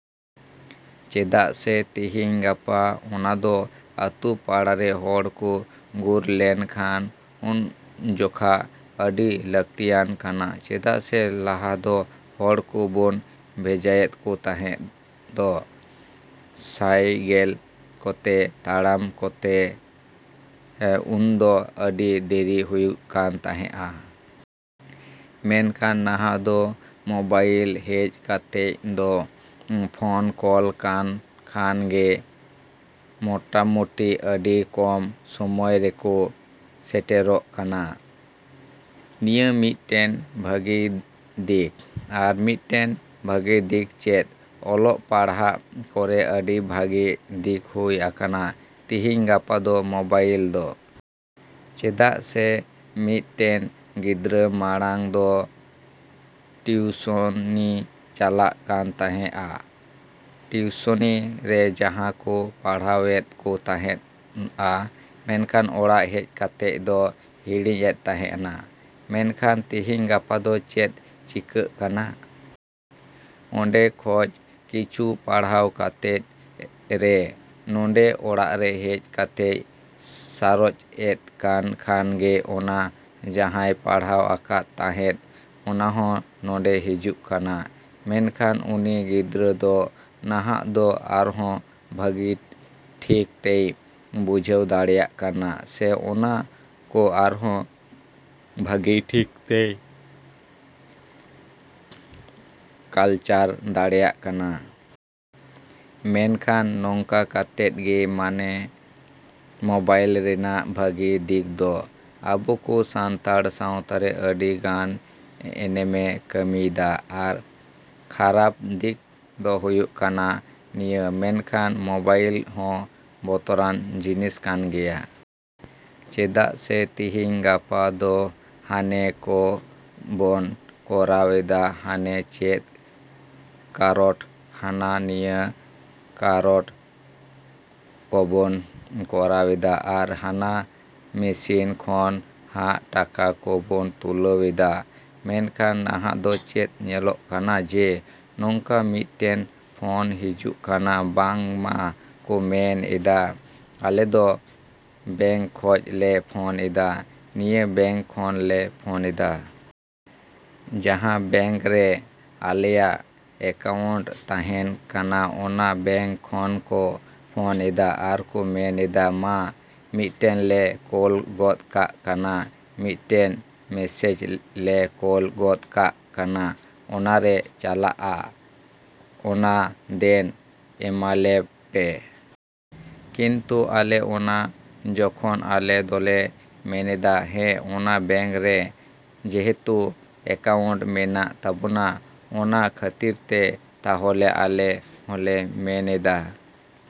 ᱪᱮᱫᱟᱜ ᱥᱮ ᱛᱤᱦᱤᱧ ᱜᱟᱯᱟ ᱚᱱᱟᱫᱚ ᱟᱹᱛᱩ ᱯᱟᱲᱟ ᱨᱮ ᱦᱚᱲ ᱠᱚ ᱜᱩᱨ ᱞᱮᱱ ᱠᱷᱟᱱ ᱩᱱᱡᱚᱠᱷᱟᱹᱡ ᱟᱹᱰᱤ ᱞᱟᱹᱠᱛᱤᱭᱟᱱ ᱠᱟᱱᱟ᱾ ᱪᱮᱫᱟᱜ ᱥᱮ ᱞᱟᱦᱟ ᱫᱚ ᱦᱚᱲ ᱠᱚ ᱵᱚᱱ ᱵᱷᱮᱡᱟᱭᱮᱫ ᱠᱚ ᱛᱟᱦᱮᱸᱫᱼᱟ ᱥᱟᱭᱠᱮᱞ ᱠᱚᱛᱮ, ᱛᱟᱲᱟᱢ ᱠᱚᱛᱮ᱾ ᱩᱱᱫᱚ ᱟᱹᱰᱤ ᱫᱮᱨᱤ ᱦᱩᱭᱩᱜ ᱠᱟᱱ ᱛᱟᱦᱮᱸᱜᱼᱟ᱾ ᱢᱮᱱᱠᱷᱟᱱ ᱱᱟᱦᱟᱜ ᱫᱚ ᱢᱚᱵᱟᱭᱤᱞ ᱦᱮᱡ ᱠᱟᱛᱮᱫ ᱫᱚ ᱯᱷᱚᱱ ᱠᱚᱞ ᱠᱟᱱ ᱠᱷᱟᱱ ᱜᱮ ᱢᱚᱴᱟᱢᱩᱴᱤ ᱟᱹᱰᱤ ᱠᱚᱢ ᱥᱚᱢᱚᱭ ᱨᱮᱠᱚ ᱥᱮᱴᱮᱨᱚᱜ ᱠᱟᱱᱟ᱾ ᱱᱤᱭᱟᱹ ᱢᱤᱫᱴᱮᱱ ᱵᱷᱟᱹᱜᱤ ᱫᱤᱠ᱾ ᱟᱨ ᱢᱤᱫᱴᱮᱱ ᱵᱷᱟᱹᱜᱤ ᱫᱤᱠ ᱪᱮᱫ? ᱚᱞᱚᱜ ᱯᱟᱲᱦᱟᱜ ᱠᱚᱨᱮ ᱟᱹᱰᱤ ᱵᱷᱟᱹᱜᱤ ᱫᱤᱠ ᱦᱩᱭ ᱟᱠᱟᱱᱟ ᱛᱤᱦᱤᱧ ᱜᱟᱯᱟ ᱫᱚ ᱢᱚᱵᱟᱭᱤᱞ ᱫᱚ᱾ ᱪᱮᱫᱟᱜ ᱥᱮ ᱢᱤᱫᱴᱮᱱ ᱜᱤᱫᱽᱨᱟᱹ ᱢᱟᱲᱟᱝ ᱫᱚ ᱴᱤᱭᱩᱥᱚᱱᱤ ᱪᱟᱞᱟᱜ ᱠᱟᱱ ᱛᱟᱦᱮᱸᱫᱼᱟ᱾ ᱴᱤᱭᱩᱥᱚᱱᱤ ᱨᱮ ᱡᱟᱦᱟᱸ ᱠᱚ ᱯᱟᱲᱦᱟᱣ ᱮᱫ ᱠᱚ ᱛᱟᱦᱮᱸᱫᱼᱟ, ᱢᱮᱱᱠᱷᱟᱱ ᱚᱲᱟᱜ ᱦᱮᱡ ᱠᱟᱛᱮᱫ ᱫᱚ ᱦᱤᱲᱤᱧ ᱮᱫ ᱛᱟᱦᱮᱸᱱᱟ᱾ ᱢᱮᱱᱠᱷᱟᱱ ᱛᱤᱦᱤᱧ ᱜᱟᱯᱟ ᱫᱚ ᱪᱮᱫ ᱪᱤᱠᱟᱜ ᱠᱟᱱᱟ? ᱚᱸᱰᱮ ᱠᱷᱚᱡ ᱠᱤᱪᱷᱩ ᱯᱟᱲᱦᱟᱣ ᱠᱟᱛᱮᱫ ᱨᱮ ᱱᱚᱰᱮ ᱚᱲᱟᱜ ᱨᱮ ᱦᱮᱡ ᱠᱟᱛᱮᱫ ᱥᱟᱨᱪ ᱮᱫ ᱠᱟᱱ ᱠᱷᱟᱱ ᱜᱮ ᱚᱱᱟ ᱡᱟᱦᱟᱸᱭ ᱯᱟᱲᱦᱟᱣ ᱟᱠᱟᱱ ᱛᱟᱦᱮᱸᱫ, ᱚᱱᱟ ᱦᱚᱸ ᱱᱚᱰᱮ ᱦᱤᱡᱩᱜ ᱠᱟᱱᱟ᱾ ᱢᱮᱱᱠᱷᱟᱱ ᱩᱱᱤ ᱜᱤᱫᱽᱨᱟᱹ ᱫᱚ ᱱᱟᱦᱟᱜ ᱫᱚ ᱟᱨᱦᱚᱸ ᱵᱷᱟᱹᱜᱤ ᱴᱷᱤᱠ ᱛᱮᱭ ᱵᱩᱡᱷᱟᱹᱣ ᱫᱟᱲᱮᱭᱟᱜ ᱠᱟᱱᱟ ᱥᱮ ᱚᱱᱟ ᱠᱚ ᱟᱨᱦᱚᱸ ᱵᱷᱟᱹᱜᱤ ᱴᱷᱤᱠ ᱛᱮᱭ ᱠᱟᱞᱪᱟᱨ ᱫᱟᱲᱮᱭᱟᱜ ᱠᱟᱱᱟ᱾ ᱢᱮᱱᱠᱷᱟᱱ ᱱᱚᱝᱠᱟ ᱠᱟᱛᱮᱫ ᱜᱮ ᱢᱟᱱᱮ ᱢᱚᱵᱟᱭᱤᱞ ᱨᱮᱱᱟᱜ ᱵᱷᱟᱹᱜᱤ ᱫᱤᱠ ᱫᱚ ᱟᱵᱚ ᱠᱚ ᱥᱟᱱᱛᱟᱲ ᱥᱟᱶᱛᱟ ᱨᱮ ᱟᱹᱰᱤ ᱜᱟᱱ ᱮᱱᱮᱢᱮ ᱠᱟᱹᱢᱤᱭᱮᱫᱟ᱾ ᱟᱨ ᱠᱷᱟᱨᱟᱯ ᱫᱤᱠ ᱫᱚ ᱦᱩᱭᱩᱜ ᱠᱟᱱᱟ ᱱᱤᱭᱟᱹ᱾ ᱢᱮᱱᱠᱷᱟᱱ ᱢᱚᱵᱟᱭᱤᱞ ᱦᱚᱸ ᱵᱚᱛᱚᱨᱟᱱ ᱡᱤᱱᱤᱥ ᱠᱟᱱ ᱜᱮᱭᱟ᱾ ᱪᱮᱫᱟᱜ ᱥᱮ ᱛᱤᱦᱤᱧ ᱜᱟᱯᱟ ᱫᱚ ᱦᱟᱱᱮ ᱠᱚ ᱵᱚᱱ ᱠᱚᱨᱟᱣ ᱮᱫᱟ, ᱦᱟᱱᱮ ᱪᱮᱫ ᱠᱟᱨᱰ, ᱦᱟᱱᱟ ᱱᱤᱭᱟᱹ ᱠᱟᱨᱰ ᱠᱚ ᱵᱚᱱ ᱠᱚᱨᱟᱣ ᱮᱫᱟ ᱟᱨ ᱦᱟᱱᱟ ᱢᱮᱥᱤᱱ ᱠᱷᱚᱱ ᱦᱟᱜ ᱴᱟᱠᱟ ᱠᱚ ᱵᱚᱱ ᱛᱩᱞᱟᱹᱣ ᱮᱫᱟ᱾ ᱢᱮᱱᱠᱷᱟᱱ ᱱᱟᱦᱟᱜ ᱫᱚ ᱪᱮᱫ ᱧᱮᱞᱚᱜ ᱠᱟᱱᱟ ᱡᱮ ᱱᱚᱝᱠᱟ ᱢᱤᱫᱴᱮᱱ ᱯᱷᱳᱱ ᱦᱤᱡᱩᱜ ᱠᱟᱱᱟ ᱵᱟᱝ ᱢᱟ ᱠᱚ ᱢᱮᱱ ᱮᱫᱟ ᱟᱞᱮᱫᱚ ᱵᱮᱝᱠ ᱠᱷᱚᱡ ᱞᱮ ᱯᱷᱳᱱ ᱮᱫᱟ, ᱱᱤᱭᱟᱹ ᱵᱮᱝᱠ ᱠᱷᱚᱱ ᱞᱮ ᱯᱷᱳᱱ ᱮᱫᱟ᱾ ᱡᱟᱦᱟᱸ ᱵᱮᱝᱠ ᱨᱮ ᱟᱞᱮᱭᱟᱜ ᱮᱠᱟᱣᱩᱱᱴ ᱛᱟᱦᱮᱸᱱ ᱠᱟᱱᱟ, ᱚᱱᱟ ᱵᱮᱝᱠ ᱠᱷᱚᱱ ᱠᱚ ᱯᱷᱳᱱ ᱮᱫᱟ ᱟᱨ ᱠᱚ ᱢᱮᱱ ᱮᱫᱟ ᱢᱟ ᱢᱤᱫᱴᱮᱱ ᱞᱮ ᱠᱚᱞ ᱜᱚᱫ ᱟᱠᱟᱜ ᱠᱟᱱᱟ, ᱢᱤᱫᱴᱮᱱ ᱢᱮᱥᱮᱡ ᱞᱮ ᱠᱚᱞ ᱜᱚᱫ ᱟᱠᱟᱜ ᱠᱟᱱᱟ᱾ ᱚᱱᱟ ᱨᱮ ᱪᱟᱞᱟᱜᱼᱟ, ᱚᱱᱟ ᱫᱮᱱ ᱮᱢᱟᱣᱟᱞᱮ ᱯᱮ᱾ ᱠᱤᱱᱛᱩ ᱟᱞᱮ ᱚᱱᱟ ᱡᱚᱠᱷᱚᱱ ᱟᱞᱮ ᱫᱚᱞᱮ ᱢᱮᱱᱮᱫᱟ ᱦᱮᱸ ᱚᱱᱟ ᱵᱮᱝᱠ ᱨᱮ ᱡᱮᱦᱮᱛᱩ ᱟᱠᱟᱣᱩᱱᱴ ᱢᱮᱱᱟᱜ ᱛᱟᱵᱚᱱᱟ, ᱚᱱᱟ ᱠᱷᱟᱹᱛᱤᱨ ᱛᱮ ᱛᱟᱦᱚᱞᱮ ᱟᱞᱮ ᱦᱚᱸᱞᱮ ᱢᱮᱱ ᱮᱫᱟᱼᱼ